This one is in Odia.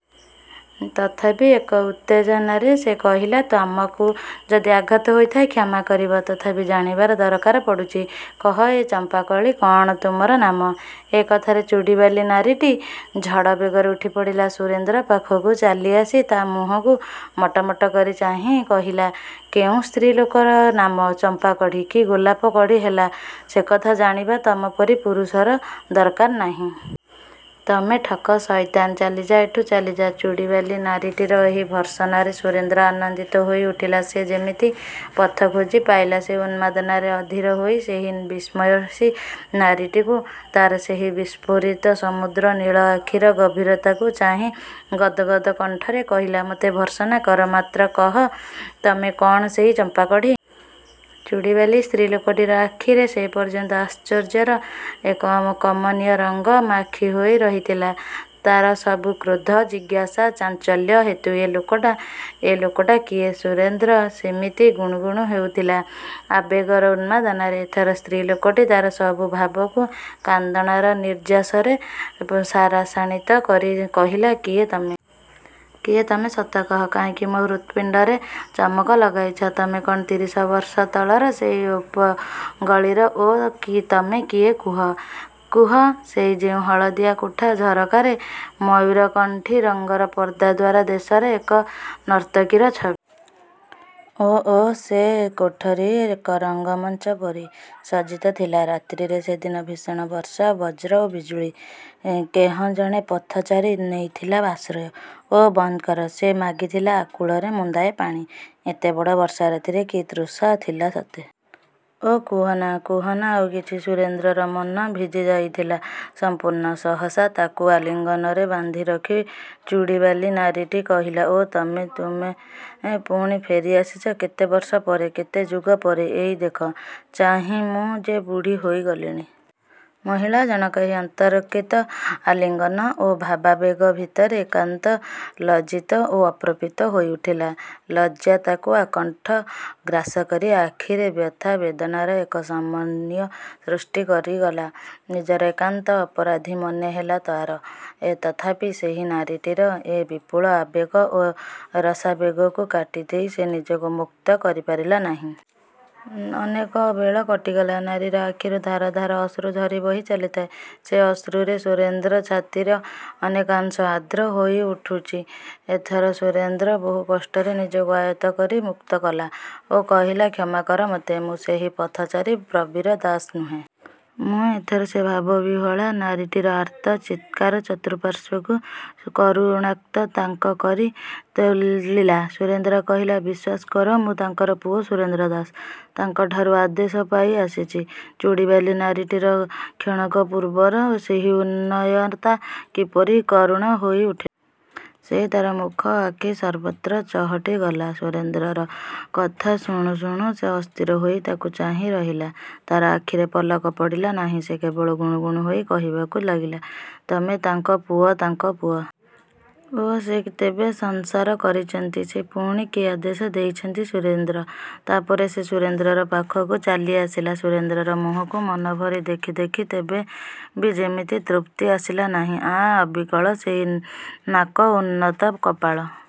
ତଥାପି ଏକ ଉତ୍ତେଜନାରେ ସେ କହିଲା ତମକୁ ଯଦି ଆଘାତ ହୋଇଥାଏ କ୍ଷମା କରିବ। ତଥାପି ଜାଣିବାର ଦରକାର ପଡ଼ୁଚି। କହ ଏ ଚମ୍ପାକଳି କଣ ତୁମର ନାମ? ଏ କଥାରେ ଚୁଡ଼ିବାଲି ନାରୀଟି ଝଡ଼ବେଗରେ ଉଠି ପଡ଼ିଲା। ସୁରେନ୍ଦ୍ର ପାଖକୁ ଚାଲିଆସି ତା ମୁହଁକୁ ମଟମଟ କରି ଚାହିଁ କହିଲା, କେଉଁ ସ୍ତ୍ରୀ ଲୋକର ନାମ ଚମ୍ପାକଢ଼ି କି ଗୋଲାପ କଢ଼ି ହେଲା ସେକଥା ଜାଣିବା ତମପରି ପୁରୁଷର ଦରକାର ନାହିଁ। ତମେ ଠକ, ସଇତାନ ଚାଲିଯା ଏଠୁ, ଚାଲିଯା। ଚୁଡ଼ିବାଲି ନାରୀଟିର ଏହି ଭର୍ତ୍ସନାରେ ସୁରେନ୍ଦ୍ର ଆନନ୍ଦିତ ହୋଇ ଉଠିଲା ସେ ଯେମିତି ପଥ ଖୋଜି ପାଇଲା। ସେ ଉନ୍ମାଦନାରେ ଅଧିର ହୋଇ ସେହି ବର୍ଷିୟସୀ ନାରୀଟିକୁ ତାର ସେହି ବିସ୍ଫୋରିତ ସମୁଦ୍ର ନୀଳ ଆଖିର ଗଭୀରତାକୁ ଚାହିଁ ଗଦ ଗଦ କଣ୍ଠରେ କହିଲା, ମତେ ଭର୍ତ୍ସନା କର, ମାତ୍ର କହ, ତମେ କଣ ସେଇ ଚମ୍ପାକଢ଼ି। ଚୁଡ଼ିବାଲି ସ୍ତ୍ରୀ ଲୋକଟିର ଆଖିରେ ସେପର୍ଯ୍ୟନ୍ତ ଆଶ୍ଚର୍ଯ୍ୟର ଏକ ଅମ କମନୀୟ ରଙ୍ଗ ମାଖି ହୋଇ ରହିଥିଲା। ତାର ସବୁ କ୍ରୋଧ, ଜିଜ୍ଞାସା, ଚାଞ୍ଚଲ୍ୟ ହେତୁ ଏ ଲୋକଟା, ଏ ଲୋକଟା କିଏ? ସୁରେନ୍ଦ୍ର ସେମିତି ଗୁଣୁ ଗୁଣୁ ହେଉଥିଲା ଆବେଗର ଉନ୍ନଦାନରେ। ଏଥର ସ୍ତ୍ରୀ ଲୋକଟି ତାର ସବୁ ଭାବକୁ କାନ୍ଦଣାର ନିର୍ଯ୍ୟାସରେ ସାରସାନିତ କରି କହିଲା କିଏ ତମେ? କିଏ ତମେ? ସତ କହ, କାହିଁକି ମୋ ହୃତ୍‌ପିଣ୍ଡରେ ଚମକ ଲଗାଇଛ। ତମେ କଣ ତିରିଶ ବର୍ଷ ତଳର ସେଇ ଉପଗଳିର ଓଃ କି ତମେ କିଏ କୁହ, କୁହ ସେଇ ଯେଉଁ ହଳଦିଆ କୋଠା ଝରକାରେ ମୟୁରକଣ୍ଠୀ ରଙ୍ଗର ପର୍ଦ୍ଦା ଦ୍ୱାରା ଦେଶରେ ଏକ ନର୍ତ୍ତକୀର ଛ। ଓଃ ଓଃ, ସେ କୋଠରୀ ଏକ ରଙ୍ଗମଞ୍ଚ ପରି ସଜ୍ଜିତ ଥିଲା। ରାତ୍ରିରେ ସେଦିନ ଭୀଷଣ ବର୍ଷା, ବଜ୍ର ଓ ବିଜୁଳି। କେହଁ ଜଣେ ପଥଚାରୀ ନେଇଥିଲା ଆଶ୍ରୟ। ଓଃ ବନ୍ଦ କର । ସେ ମାଗିଥିଲା ଆକୁଳରେ ମୁନ୍ଦାଏ ପାଣି, ଏତେ ବଡ଼ ବର୍ଷା ରାତିରେ କି ତୃଷା ଥିଲା ସତେ। ଓଃ କୁହନା, କୁହନା ଆଉ କିଛି। ସୁରେନ୍ଦ୍ରର ମନ ଭିଜି ଯାଇଥିଲା ସମ୍ପୂର୍ଣ୍ଣ। ସହସା ତାକୁ ଆଲିଙ୍ଗନରେ ବାନ୍ଧିରଖି ଚୁଡ଼ିବାଲି ନାରୀଟି କହିଲା, ଓଃ ତମେ । ତୁମେ ପୁଣି ଫେରି ଆସିଚ କେତେ ବର୍ଷ ପରେ, କେତେ ଯୁଗ ପରେ। ଏଇ ଦେଖ, ଚାହିଁ ମୁଁ ଯେ ବୁଢ଼ୀ ହୋଇ ଗଲିଣି। ମହିଳା ଜଣକ ଏହି ଆନ୍ତରକିତ ଆଲିଙ୍ଗନ ଓ ଭାବାବେଗ ଭିତରେ ଏକାନ୍ତ ଲଜ୍ଜିତ ଓ ଅପ୍ରତିଭ ହୋଇ ଉଠିଲା। ଲଜ୍ଜା ତାକୁ ଆକଣ୍ଠ ଗ୍ରାସ କରି ଆଖିରେ ବ୍ୟଥା, ବେଦନାର ଏକ ସମନ୍ଵୟ ସୃଷ୍ଟି କରିଗଲା। ନିଜର ଏକାନ୍ତ ଅପରାଧୀ ମନେ ହେଲା ତାର। ତଥାପି ସେହି ନାରୀଟିର ଏ ବିପୁଳ ଆବେଗ ଓ ରସାବେଗକୁ କାଟିଦେଇ ସେ ନିଜକୁ ମୁକ୍ତ କରିପାରିଲା ନାହିଁ। ଅନେକ ବେଳ କଟିଗଲା ନାରୀର ଆଖିର ଧାର ଧାର ଅଶ୍ରୁ ଝରି ବହି ଚାଲିଥାଏ। ସେ ଅଶ୍ରୁରେ ସୁରେନ୍ଦ୍ର ଛାତିର ଅନେକାଂଶ ଆର୍ଦ୍ର ହୋଇଉଠୁଚି। ଏଥର ସୁରେନ୍ଦ୍ର ବହୁ କଷ୍ଟରେ ନିଜକୁ ଆୟତ୍ତ କରି ମୁକ୍ତକଲା ଓ କହିଲା କ୍ଷମା କର ମତେ, ମୁଁ ସେହି ପଥଚାରୀ ପ୍ରବୀର ଦାସ ନୁହେଁ। ମୁଁ ଏଥର ସେ ଭାବବିହ୍ୱଳା ନାରୀଟିର ଆର୍ତ୍ତ ଚିତ୍କାର ଚତୁଃପାର୍ଶ୍ଵକୁ କରୁଣାକ୍ତ ତାଙ୍କ କରି ତୋଳିଲା। ସୁରେନ୍ଦ୍ର କହିଲା, ବିଶ୍ଵାସ କର ମୁଁ ତାଙ୍କର ପୁଅ ସୁରେନ୍ଦ୍ର ଦାସ। ତାଙ୍କଠାରୁ ଆଦେଶ ପାଇ ଆସିଚି। ଚୁଡ଼ିବାଲି ନାରୀଟିର କ୍ଷଣକ ପୂର୍ବର ସେହି ଉନ୍ନୟତା କିପରି କରୁଣ ହୋଇ ଉଠି। ସେ ତାର ମୁଖ, ଆଖି ସର୍ବତ୍ର ଚହଟି ଗଲା। ସୁରେନ୍ଦ୍ରର କଥା ଶୁଣୁ ଶୁଣୁ ସେ ଅସ୍ଥିର ହୋଇ ତାକୁ ଚାହିଁ ରହିଲା, ତାର ଆଖିରେ ପଲକ ପଡ଼ିଲା ନାହିଁ। ସେ କେବଳ ଗୁଣୁ ଗୁଣୁ ହୋଇ କହିବାକୁ ଲାଗିଲା, ତମେ ତାଙ୍କ ପୁଅ, ତାଙ୍କ ପୁଅ। ଓଃ, ସେ ତେବେ ସଂସାର କରିଚନ୍ତି। ସେ ପୁଣି କି ଆଦେଶ ଦେଇଛନ୍ତି ସୁରେନ୍ଦ୍ର? ତାପରେ ସେ ସୁରେନ୍ଦ୍ରର ପାଖକୁ ଚାଲି ଆସିଲା। ସୁରେନ୍ଦ୍ରର ମୁହଁକୁ ମନ ଭରି ଦେଖି ଦେଖି ତେବେ ବି ଯିମିତି ତୃପ୍ତି ଆସିଲା ନାହିଁ। ଆଃ ଅବିକଳ ସେଇ ନାକ, ଉନ୍ନତ କପାଳ।